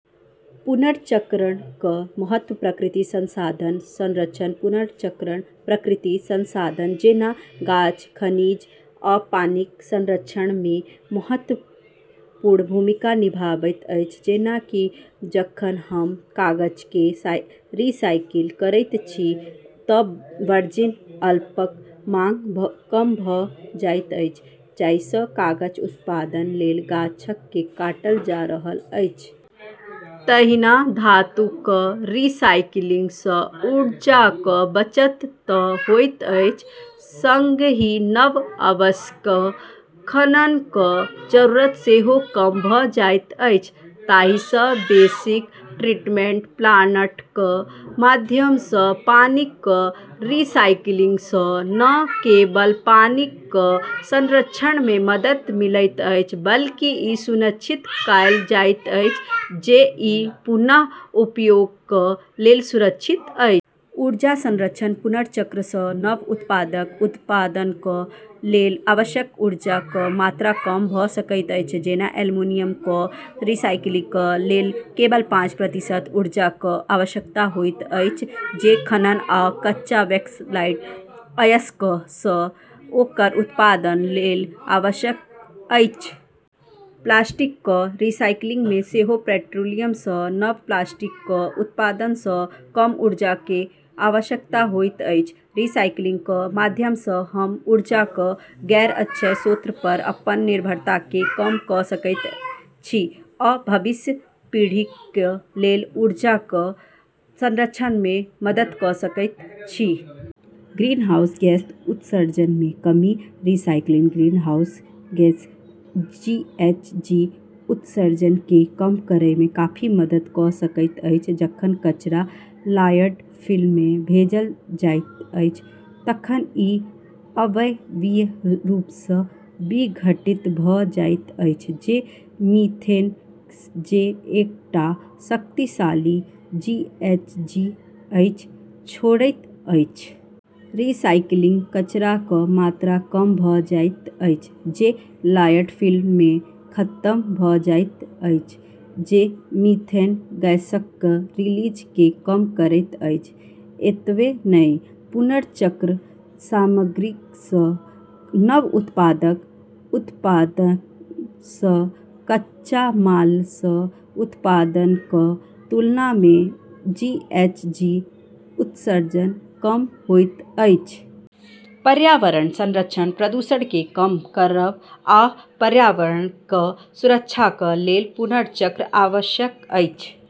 पुनर्चक्रणक महत्व प्राकृतिक संसाधनक संरक्षण पुनर्चक्रण प्राकृतिक संसाधनक जेना गाछ, खनिज, आ पानीक संरक्षणमे महत्वपूर्ण भूमिका निभाबैत अछि। जेना कि जखन हम कागजकेँ रिसाइकिल करैत छी तँ वर्जिन पल्पक माँग कम भऽ जाइत अछि, जाहिसँ कागज उत्पादनक लेल गाछकेँ काटल जा रहल अछि। तहिना धातुक रिसाइकिलिङ्गसँ ऊर्जाक बचत तँ होइत अछि सँगही नव अयस्कक खननक जरूरत सेहो कम भऽ जाइत अछि। एहिसँ बेसी, ट्रीटमेन्ट प्लाण्टक माध्यमसँ पानीक रिसाइकिलिङ्गसँ न केवल पानीक संरक्षणमे मदद मिलैत अछि बल्कि ई सुनिश्चित कएल जाइत अछि जे ई पुनः उपयोगक लेल सुरक्षित अछि। ऊर्जा संरक्षण पुनर्चक्रणसँ नव उत्पादक उत्पादनक लेल आवश्यक ऊर्जाक मात्रा कम भऽ सकैत अछि। जेना एल्युमीनियमक रिसाइकिलिङ्गक लेल केवल पाँच प्रतिशत ऊर्जाक आवश्यकता होइत अछि जे खनन आ कच्चा बक्सलाइट अयस्कसँ ओकर उत्पादनक लेल आवश्यक अछि। प्लास्टिकक रिसाइकिलिङ्गमे सेहो पेट्रोलियमसँ नव प्लास्टिकक उत्पादनसँ कम ऊर्जाक आवश्यकता होइत अछि। रिसाइकिलिङ्गक माध्यमसँ हम ऊर्जाक गैर-अक्षय स्रोतपर अपन निर्भरताकेँ कम कऽ सकैत छी आ भविष्यक पीढ़ीक लेल ऊर्जाक संरक्षणमे मदद कऽ सकैत छी। ग्रीनहाउस ग्यास उत्सर्जनमे कमी रिसाइकिलिङ्ग ग्रीनहाउस ग्यास (जीएचजी) उत्सर्जनकेँ कम करैमे काफी मदद कऽ सकैत अछि। जखन कचरा ल्याण्डफिलमे भेजल जाइत अछि तखन ई अवायवीय रूपसँ विघटित भऽ जाइत अछि, जे मीथेन, जे एकटा शक्तिशाली जीएचजी अछि, छोड़ैत अछि। रिसाइकिलिङ्गसँ कचराक मात्रा कम भऽ जाइत अछि जे ल्याण्डफिलमे खतम भऽ जाइत अछि, जे मीथेन ग्यासक रिलीजकेँ कम करैत अछि। एतबे नहि, पुनर्चक्रण सामग्रीसँ नव उत्पादक उत्पादनसँ कच्चा मालसँ उत्पादनक तुलनामे जीएचजी उत्सर्जन कम होइत अछि। पर्यावरण संरक्षण प्रदूषणकेँ कम करब आ पर्यावरणक सुरक्षाक लेल पुनर्चक्रण आवश्यक अछि।